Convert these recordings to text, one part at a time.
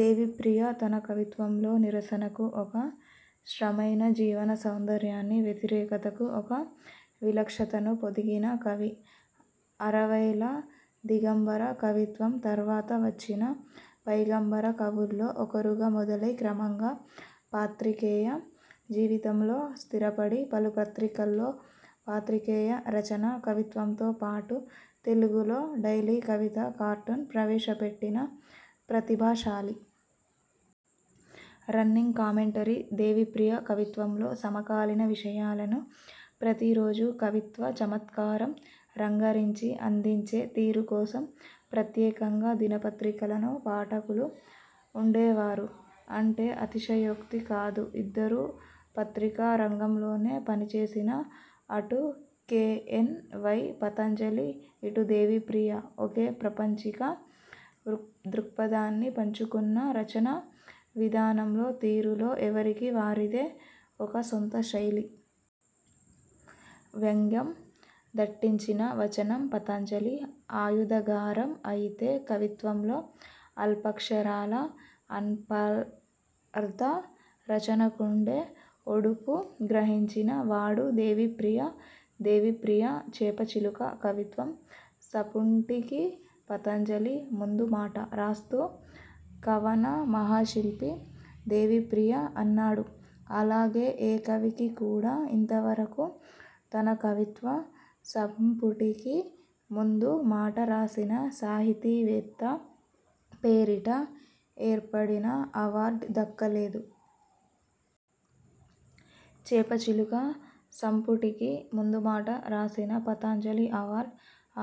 దేవిప్రియ తన కవిత్వంలో నిరసనకు ఒక శ్రమైక జీవన సౌందర్యాన్ని, వ్యతిరేకతకు ఒక విలక్షణతను పొదిగిన కవి. అరవైల దిగంబర కవిత్వం తర్వాత వచ్చిన పైగంబర కవుల్లో ఒకరుగా మొదలై, క్రమంగా పాత్రికేయ జీవితంలో స్థిరపడి, పలు పత్రికల్లో, పాత్రికేయ రచన, కవిత్వంతో పాటుగా, తెలుగులో డైలీ కవితా కార్టూన్ ప్రవేశపెట్టిన ప్రతిభాశాలి. రన్నింగ్ కామెంటరీ దేవిప్రియ కవిత్వంలో సమకాలీన విషయాలను ప్రతీ రోజూ కవిత్వ చమత్కారం రంగరించి, అందించే తీరు కోసం, ప్రత్యేకంగా దినపత్రికలను పాఠకులు ఉండేవారు అంటే, అతిశయోక్తి కాదు. ఇద్దరూ పత్రికా రంగంలోనే పనిచేసినా, అటు కె. ఎన్. వై. పతంజలి, ఇటు దేవిప్రియ, ఒకే ప్రపంచిక దృక్పథాన్ని పంచుకున్నా, రచనా విధానంలో, తీరులో ఎవరికి వారిదే ఒక సొంత శైలి. వ్యంగ్యం దట్టించిన వచనం పతంజలి ఆయుధాగారం అయితే, కవిత్వంలో అల్పాక్షరాల అనల్పార్ధ రచనకుండే ఒడుపు గ్రహించిన వాడు దేవిప్రియ. దేవిప్రియ ''చేప చిలుక'' కవిత్వం సపుటికి పతంజలి ముందు మాట రాస్తూ ''కవన మహాశిల్పి దేవిప్రియ'' అన్నాడు. అలాగే, ఏ కవికి కూడా ఇంతవరకూ, తన కవిత్వ సంపుటికి ముందు మాట రాసిన సాహితీ వేత్త పేరిట ఏర్పడిన అవార్డ్ దక్కలేదు. ''చేపచిలుక'' సంపుటికి ముందుమాట రాసిన పతంజలి అవార్డ్,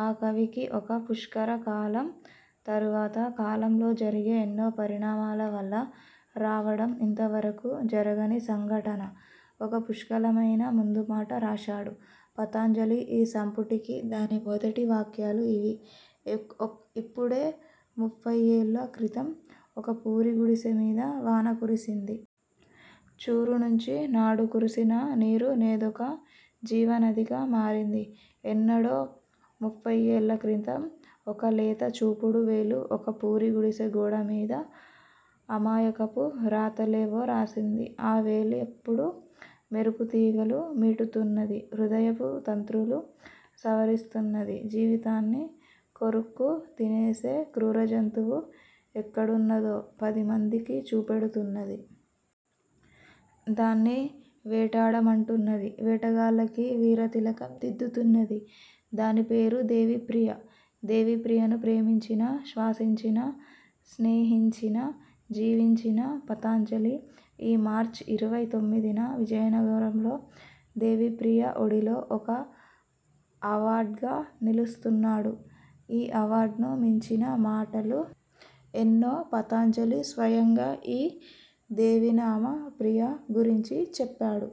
ఆ కవికి ఒక పుష్కర కాలం తరువాత, కాలంలో జరిగే ఎన్నో పరిణామాల వల్ల రావడం ఇంతవరకూ జరగని సంఘటన. ఒక పుష్కలమైన ముందుమాట రాశాడు పతంజలి ఈ సంపుటికి.. దాని మొదటి వాక్యాలు ఇవి. ఎ ఇ ''ఇప్పుడే ముప్ఫయ్యేళ్ళ క్రితం ఒక పూరి గుడిసె మీద వాన కురిసింది. చూరు నుంచి నాడు కురిసిన నీరు నేదొక జీవనదిగా మారింది. ఎన్నడో ముప్ఫయ్యేళ్ళ క్రితం, ఒక లేత చూపుడు వేలు ఒక పూరి గుడిసె గోడ మీద అమాయకపు రాతలేవో రాసింది. ఆ వేలిప్పుడు మెరుపు తీగలు మీటుతున్నది, హృదయపు తంత్రులు సవరిస్తున్నది. జీవితాన్ని కొరుక్కు తినేసే క్రూర జంతువు ఎక్కడున్నదో పదిమందికీ చూపెడుతున్నది. దాన్ని వేటాడమంటున్నది. వేటగాళ్ళకి వీర తిలకం దిద్దుతున్నది. దాని పేరు దేవిప్రియ. '' దేవిప్రియను ప్రేమించిన, శ్వాసించిన, స్నేహించిన, జీవించిన పతంజలి, ఈ మార్చ్ ఇరవై తొమ్మిదిన విజయనగరంలో, దేవిప్రియ ఒడిలో ఒక అవార్డ్గా నిలుస్తున్నాడు. ఈ అవార్డ్ను మించిన మాటలు ఎన్నో పతంజలి స్వయంగా, ఈ ''దేవినామప్రియ'' గురించి చెప్పాడు.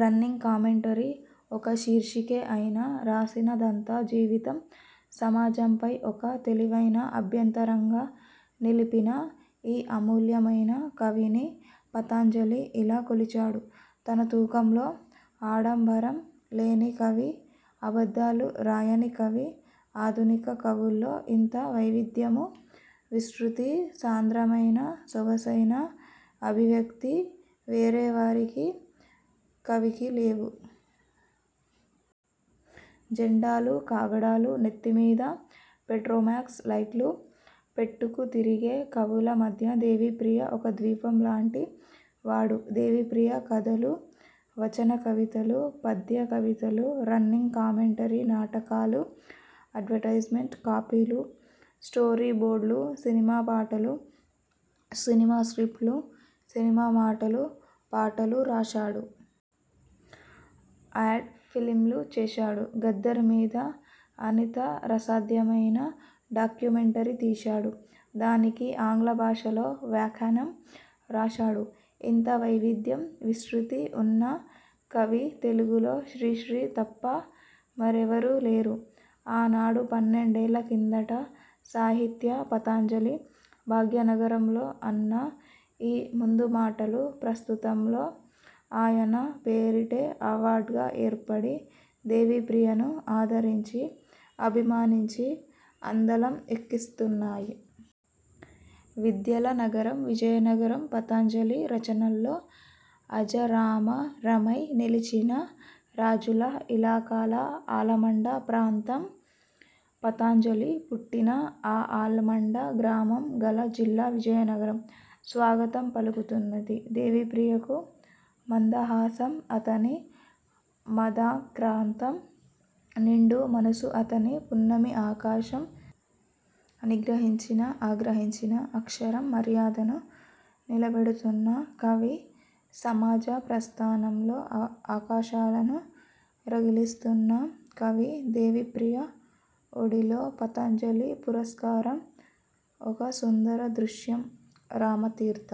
''రన్నింగ్ కామెంటరీ'' ఒక శీర్షికే అయినా, రాసినదంతా, జీవితం, సమాజంపై ఒక తెలివైన అభ్యంతరంగా నిలిపిన ఈ అమూల్యమైన కవిని పతంజలి ఇలా కొలిచాడు తన తూకంలో. ''ఆడంబర లేని కవి. అబద్ధాలు రాయని కవి. ఆధునిక కవుల్లో ఇంత వైవిధ్యమూ, విస్తృతీ, సాంద్రమైన, సొగసైన అభివ్యక్తీ వేరెవారికీ కవికీ లేవు''. ''జెండాలు, కాగడాలు, నెత్తి మీద పెట్రోమాక్స్ లైట్లు పెట్టుకు తిరిగే కవుల మధ్య దేవిప్రియ ఒక ద్వీపం లాంటి వాడు''. ''దేవిప్రియ కథలు, వచనకవితలు, పద్య కవితలు, రన్నింగ్ కామెంటరీ, నాటకలూ, అడ్వర్టైజ్మెంట్ కాపీలు, స్టోరీ బోర్డ్లూ, సినిమా పాటలు, సినిమా స్క్రిప్ట్లు, సినిమా మాటలు, పాటలు రాశాడు. ఆడ్ ఫిల్మ్లు చేశాడు. గద్దర్ మీద అనితరసాధ్యమైన డాక్యుమెంటరీ తీశాడు. దానికి ఆంగ్ల భాషలో వ్యాఖానం రాశాడు. ఇంత వైవిధ్యం విస్తృతీ ఉన్న కవి, తెలుగులో శ్రీశ్రీ తప్ప మరెవరూ లేరు. '' ఆనాడు పన్నెండేళ్ళ కిందట, సాహిత్య పతంజలి, భాగ్యనగరంలో అన్న ఈ ముందు మాటలు, ప్రస్తుతంలో ఆయన పేరిటే అవార్డ్గా ఏర్పడి, దేవిప్రియను ఆదరించి, అభిమానించి, అందలం ఎక్కిస్తున్నాయి. విద్యల నగరం విజయనగరం, పతంజలి రచనల్లో అజరామరమై నిలిచిన రాజుల ఇలాకాల ఆలమండ ప్రాంత, పతంజలి పుట్టిన ఆ ఆలమండ గ్రామం గల జిల్లా విజయనగరం, స్వాగతం పలుకుతున్నది దేవిప్రియకు. మందహాసం అతని మందాక్రాంతం. నిండు మనసు అతని పున్నమి ఆకాశం. నిగ్రహించినా, ఆగ్రహించినా అక్షరం మర్యాదను నిలబెడుతున్న కవి, సమాజ ప్రస్థానంలో ఆ ఆకాశాలను రగిలిస్తున్న కవి, దేవిప్రియ ఒడిలో, పతంజలి పురస్కారం, ఒక సుందర దృశ్యం. -రామతీర్థ